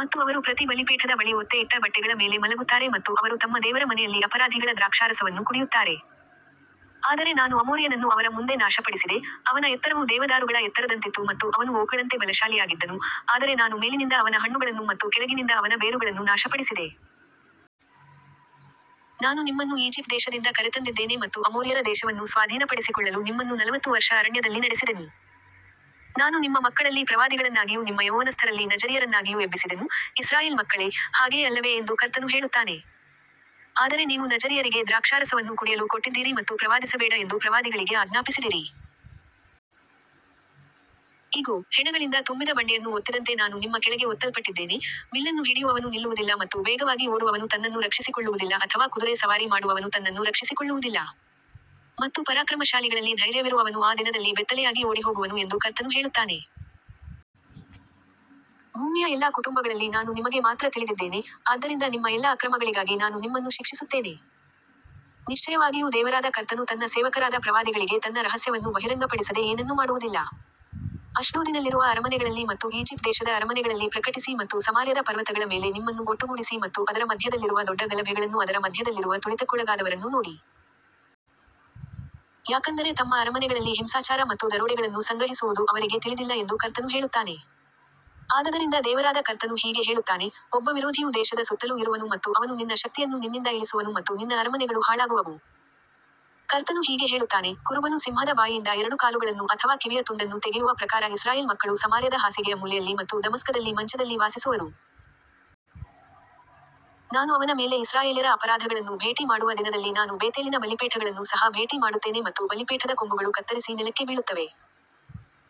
ಮತ್ತು ಅವರು ಪ್ರತಿ ಬಲಿಪೀಠದ ಬಳಿ ಒತ್ತೆ ಇಟ್ಟ ಬಟ್ಟೆಗಳ ಮೇಲೆ ಮಲಗುತ್ತಾರೆ ಮತ್ತು ಅವರು ತಮ್ಮ ದೇವರ ಮನೆಯಲ್ಲಿ ಅಪರಾಧಿಗಳ ದ್ರಾಕ್ಷಾರಸವನ್ನು ಕುಡಿಯುತ್ತಾರೆ. ಆದರೆ ನಾನು ಅಮೋರಿಯನನ್ನು ಅವರ ಮುಂದೆ ನಾಶಪಡಿಸಿದೆ, ಅವನ ಎತ್ತರವು ದೇವದಾರುಗಳ ಎತ್ತರದಂತಿತ್ತು ಮತ್ತು ಅವನು ಓಕ್ಗಳಂತೆ ಬಲಶಾಲಿಯಾಗಿದ್ದನು, ಆದರೆ ನಾನು ಮೇಲಿನಿಂದ ಅವನ ಹಣ್ಣುಗಳನ್ನು ಮತ್ತು ಕೆಳಗಿನಿಂದ ಅವನ ಬೇರುಗಳನ್ನು ನಾಶಪಡಿಸಿದೆ. ನಾನು ನಿಮ್ಮನ್ನು ಈಜಿಪ್ಟ್ ದೇಶದಿಂದ ಕರೆತಂದಿದ್ದೇನೆ ಮತ್ತು ಅಮೋರಿಯರ ದೇಶವನ್ನು ಸ್ವಾಧೀನಪಡಿಸಿಕೊಳ್ಳಲು ನಿಮ್ಮನ್ನು ನಲವತ್ತು ವರ್ಷ ಅರಣ್ಯದಲ್ಲಿ ನಡೆಸಿದೆನು. ನಾನು ನಿಮ್ಮ ಮಕ್ಕಳಲ್ಲಿ ಪ್ರವಾದಿಗಳನ್ನಾಗಿಯೂ ನಿಮ್ಮ ಯೌವನಸ್ಥರಲ್ಲಿ ನಜರೀಯರನ್ನಾಗಿಯೂ ಎಬ್ಬಿಸಿದೆನು, ಇಸ್ರಾಯೇಲ್ ಮಕ್ಕಳೇ, ಹಾಗೆಯೇ ಅಲ್ಲವೇ ಎಂದು ಕರ್ತನು ಹೇಳುತ್ತಾನೆ. ಆದರೆ ನೀವು ನಜರೀಯರಿಗೆ ದ್ರಾಕ್ಷಾರಸವನ್ನು ಕುಡಿಯಲು ಕೊಟ್ಟಿದ್ದೀರಿ ಮತ್ತು ಪ್ರವಾದಿಸಬೇಡ ಎಂದು ಪ್ರವಾದಿಗಳಿಗೆ ಆಜ್ಞಾಪಿಸಿದಿರಿ. ಇಗೋ, ಹೆಣಗಳಿಂದ ತುಂಬಿದ ಬಂಡಿಯನ್ನು ಒತ್ತಿದಂತೆ ನಾನು ನಿಮ್ಮ ಕೆಳಗೆ ಒತ್ತಲ್ಪಟ್ಟಿದ್ದೇನೆ, ಬಿಲ್ಲನ್ನು ಹಿಡಿಯುವವನು ನಿಲ್ಲುವುದಿಲ್ಲ ಮತ್ತು ವೇಗವಾಗಿ ಓಡುವವನು ತನ್ನನ್ನು ರಕ್ಷಿಸಿಕೊಳ್ಳುವುದಿಲ್ಲ ಅಥವಾ ಕುದುರೆ ಸವಾರಿ ಮಾಡುವವನು ತನ್ನನ್ನು ರಕ್ಷಿಸಿಕೊಳ್ಳುವುದಿಲ್ಲ. ಮತ್ತು ಪರಾಕ್ರಮಶಾಲಿಗಳಲ್ಲಿ ಧೈರ್ಯವಿರುವವನು ಆ ದಿನದಲ್ಲಿ ಬೆತ್ತಲೆಯಾಗಿ ಓಡಿಹೋಗುವನು ಎಂದು ಕರ್ತನು ಹೇಳುತ್ತಾನೆ. ಭೂಮಿಯ ಎಲ್ಲಾ ಕುಟುಂಬಗಳಲ್ಲಿ ನಾನು ನಿಮಗೆ ಮಾತ್ರ ತಿಳಿದಿದ್ದೇನೆ, ಆದ್ದರಿಂದ ನಿಮ್ಮ ಎಲ್ಲಾ ಅಕ್ರಮಗಳಿಗಾಗಿ ನಾನು ನಿಮ್ಮನ್ನು ಶಿಕ್ಷಿಸುತ್ತೇನೆ. ನಿಶ್ಚಯವಾಗಿಯೂ ದೇವರಾದ ಕರ್ತನು ತನ್ನ ಸೇವಕರಾದ ಪ್ರವಾದಿಗಳಿಗೆ ತನ್ನ ರಹಸ್ಯವನ್ನು ಬಹಿರಂಗಪಡಿಸದೆ ಏನನ್ನೂ ಮಾಡುವುದಿಲ್ಲ. ಅಷ್ಡೋದಿನಲ್ಲಿರುವ ಅರಮನೆಗಳಲ್ಲಿ ಮತ್ತು ಈಜಿಪ್ಟ್ ದೇಶದ ಅರಮನೆಗಳಲ್ಲಿ ಪ್ರಕಟಿಸಿ ಮತ್ತು ಸಮಾರ್ಯದ ಪರ್ವತಗಳ ಮೇಲೆ ನಿಮ್ಮನ್ನು ಒಟ್ಟುಗೂಡಿಸಿ ಮತ್ತು ಅದರ ಮಧ್ಯದಲ್ಲಿರುವ ದೊಡ್ಡ ಗಲಭೆಗಳನ್ನೂ ಅದರ ಮಧ್ಯದಲ್ಲಿರುವ ತುಳಿತಕ್ಕೊಳಗಾದವರನ್ನೂ ನೋಡಿ. ಯಾಕಂದರೆ ತಮ್ಮ ಅರಮನೆಗಳಲ್ಲಿ ಹಿಂಸಾಚಾರ ಮತ್ತು ದರೋಡೆಗಳನ್ನು ಸಂಗ್ರಹಿಸುವುದು ಅವರಿಗೆ ತಿಳಿದಿಲ್ಲ ಎಂದು ಕರ್ತನು ಹೇಳುತ್ತಾನೆ. ಆದದರಿಂದ ದೇವರಾದ ಕರ್ತನು ಹೀಗೆ ಹೇಳುತ್ತಾನೆ, ಒಬ್ಬ ವಿರೋಧಿಯು ದೇಶದ ಸುತ್ತಲೂ ಇರುವನು ಮತ್ತು ಅವನು ನಿನ್ನ ಶಕ್ತಿಯನ್ನು ನಿನ್ನಿಂದ ಇಳಿಸುವನು ಮತ್ತು ನಿನ್ನ ಅರಮನೆಗಳು ಹಾಳಾಗುವವು. ಕರ್ತನು ಹೀಗೆ ಹೇಳುತ್ತಾನೆ, ಕುರುಬನು ಸಿಂಹದ ಬಾಯಿಯಿಂದ ಎರಡು ಕಾಲುಗಳನ್ನು ಅಥವಾ ಕಿವಿಯ ತುಂಡನ್ನು ತೆಗೆಯುವ ಪ್ರಕಾರ ಇಸ್ರಾಯೇಲ್ ಮಕ್ಕಳು ಸಮಾರ್ಯದ ಹಾಸಿಗೆಯ ಮೂಲೆಯಲ್ಲಿ ಮತ್ತು ದಮಸ್ಕದಲ್ಲಿ ಮಂಚದಲ್ಲಿ ವಾಸಿಸುವರು. ನಾನು ಅವನ ಮೇಲೆ ಇಸ್ರಾಯೇಲ್ಯರ ಅಪರಾಧಗಳನ್ನು ಭೇಟಿ ಮಾಡುವ ದಿನದಲ್ಲಿ ನಾನು ಬೇತೇಲಿನ ಬಲಿಪೀಠಗಳನ್ನು ಸಹ ಭೇಟಿ ಮಾಡುತ್ತೇನೆ ಮತ್ತು ಬಲಿಪೀಠದ ಕೊಂಬುಗಳು ಕತ್ತರಿಸಿ ನೆಲಕ್ಕೆ ಬೀಳುತ್ತವೆ.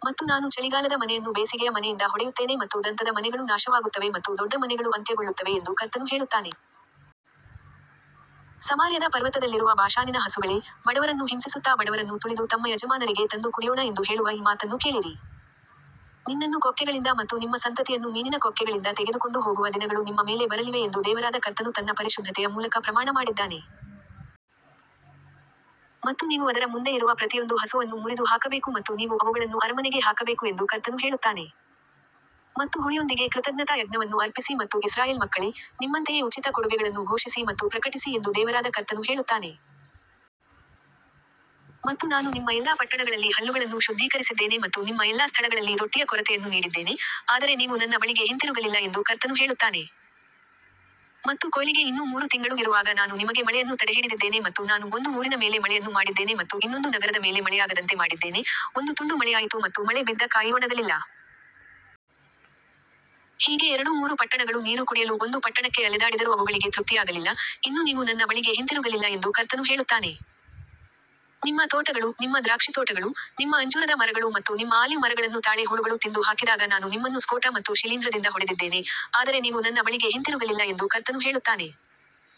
ಮತ್ತು ನಾನು ಚಳಿಗಾಲದ ಮನೆಯನ್ನು ಬೇಸಿಗೆಯ ಮನೆಯಿಂದ ಹೊಡೆಯುತ್ತೇನೆ ಮತ್ತು ದಂತದ ಮನೆಗಳು ನಾಶವಾಗುತ್ತವೆ ಮತ್ತು ದೊಡ್ಡ ಮನೆಗಳು ಅಂತ್ಯಗೊಳ್ಳುತ್ತವೆ ಎಂದು ಕರ್ತನು ಹೇಳುತ್ತಾನೆ. ಸಮಾರ್ಯದ ಪರ್ವತದಲ್ಲಿರುವ ಬಾಷಾನಿನ ಹಸುಗಳೇ, ಬಡವರನ್ನು ಹಿಂಸಿಸುತ್ತಾ ಬಡವರನ್ನು ತುಳಿದು ತಮ್ಮ ಯಜಮಾನರಿಗೆ ತಂದು ಕುಡಿಯೋಣ ಎಂದು ಹೇಳುವ ಈ ಮಾತನ್ನು ಕೇಳಿರಿ. ನಿನ್ನನ್ನು ಕೊಕ್ಕೆಗಳಿಂದ ಮತ್ತು ನಿಮ್ಮ ಸಂತತಿಯನ್ನು ಮೀನಿನ ಕೊಕ್ಕೆಗಳಿಂದ ತೆಗೆದುಕೊಂಡು ಹೋಗುವ ದಿನಗಳು ನಿಮ್ಮ ಮೇಲೆ ಬರಲಿವೆ ಎಂದು ದೇವರಾದ ಕರ್ತನು ತನ್ನ ಪರಿಶುದ್ಧತೆಯ ಮೂಲಕ ಪ್ರಮಾಣ ಮಾಡಿದ್ದಾನೆ. ಮತ್ತು ನೀವು ಅದರ ಮುಂದೆ ಇರುವ ಪ್ರತಿಯೊಂದು ಹಸುವನ್ನು ಮುರಿದು ಹಾಕಬೇಕು ಮತ್ತು ನೀವು ಅವುಗಳನ್ನು ಅರಮನೆಗೆ ಹಾಕಬೇಕು ಎಂದು ಕರ್ತನು ಹೇಳುತ್ತಾನೆ. ಮತ್ತು ಹುಳಿಯೊಂದಿಗೆ ಕೃತಜ್ಞತಾ ಯಜ್ಞವನ್ನು ಅರ್ಪಿಸಿ ಮತ್ತು ಇಸ್ರಾಯೇಲ್ ಮಕ್ಕಳೇ, ನಿಮ್ಮಂತೆಯೇ ಉಚಿತ ಕೊಡುಗೆಗಳನ್ನು ಘೋಷಿಸಿ ಮತ್ತು ಪ್ರಕಟಿಸಿ ಎಂದು ದೇವರಾದ ಕರ್ತನು ಹೇಳುತ್ತಾನೆ. ಮತ್ತು ನಾನು ನಿಮ್ಮ ಎಲ್ಲಾ ಪಟ್ಟಣಗಳಲ್ಲಿ ಹಲ್ಲುಗಳನ್ನು ಶುದ್ಧೀಕರಿಸಿದ್ದೇನೆ ಮತ್ತು ನಿಮ್ಮ ಎಲ್ಲಾ ಸ್ಥಳಗಳಲ್ಲಿ ರೊಟ್ಟಿಯ ಕೊರತೆಯನ್ನು ನೀಡಿದ್ದೇನೆ, ಆದರೆ ನೀವು ನನ್ನ ಬಳಿಗೆ ಹಿಂತಿರುಗಲಿಲ್ಲ ಎಂದು ಕರ್ತನು ಹೇಳುತ್ತಾನೆ. ಮತ್ತು ಕೊಯ್ಲಿಗೆ ಇನ್ನೂ ಮೂರು ತಿಂಗಳು ಇರುವಾಗ ನಾನು ನಿಮಗೆ ಮಳೆಯನ್ನು ತಡೆಹಿಡಿದಿದ್ದೇನೆ ಮತ್ತು ನಾನು ಒಂದು ಊರಿನ ಮೇಲೆ ಮಳೆಯನ್ನು ಮಾಡಿದ್ದೇನೆ ಮತ್ತು ಇನ್ನೊಂದು ನಗರದ ಮೇಲೆ ಮಳೆಯಾಗದಂತೆ ಮಾಡಿದ್ದೇನೆ, ಒಂದು ತುಂಡು ಮಳೆಯಾಯಿತು ಮತ್ತು ಮಳೆ ಬಿದ್ದ ಕಾಯಿ ಒಣಗಲಿಲ್ಲ. ಹೀಗೆ ಎರಡು ಮೂರು ಪಟ್ಟಣಗಳು ನೀರು ಕುಡಿಯಲು ಒಂದು ಪಟ್ಟಣಕ್ಕೆ ಅಲೆದಾಡಿದರೂ ಅವುಗಳಿಗೆ ತೃಪ್ತಿಯಾಗಲಿಲ್ಲ, ಇನ್ನೂ ನೀವು ನನ್ನ ಬಳಿಗೆ ಹಿಂತಿರುಗಲಿಲ್ಲ ಎಂದು ಕರ್ತನು ಹೇಳುತ್ತಾನೆ. ನಿಮ್ಮ ತೋಟಗಳು, ನಿಮ್ಮ ದ್ರಾಕ್ಷಿತೋಟಗಳು, ನಿಮ್ಮ ಅಂಜೂರದ ಮರಗಳು ಮತ್ತು ನಿಮ್ಮ ಆಲಿವ್ ಮರಗಳನ್ನು ತಾಳೆ ಹುಳುಗಳು ತಿಂದು ಹಾಕಿದಾಗ ನಾನು ನಿಮ್ಮನ್ನು ಸ್ಫೋಟ ಮತ್ತು ಶಿಲೀಂಧ್ರದಿಂದ ಹೊಡೆದಿದ್ದೇನೆ, ಆದರೆ ನೀವು ನನ್ನ ಬಳಿಗೆ ಹಿಂತಿರುಗಲಿಲ್ಲ ಎಂದು ಕರ್ತನು ಹೇಳುತ್ತಾನೆ.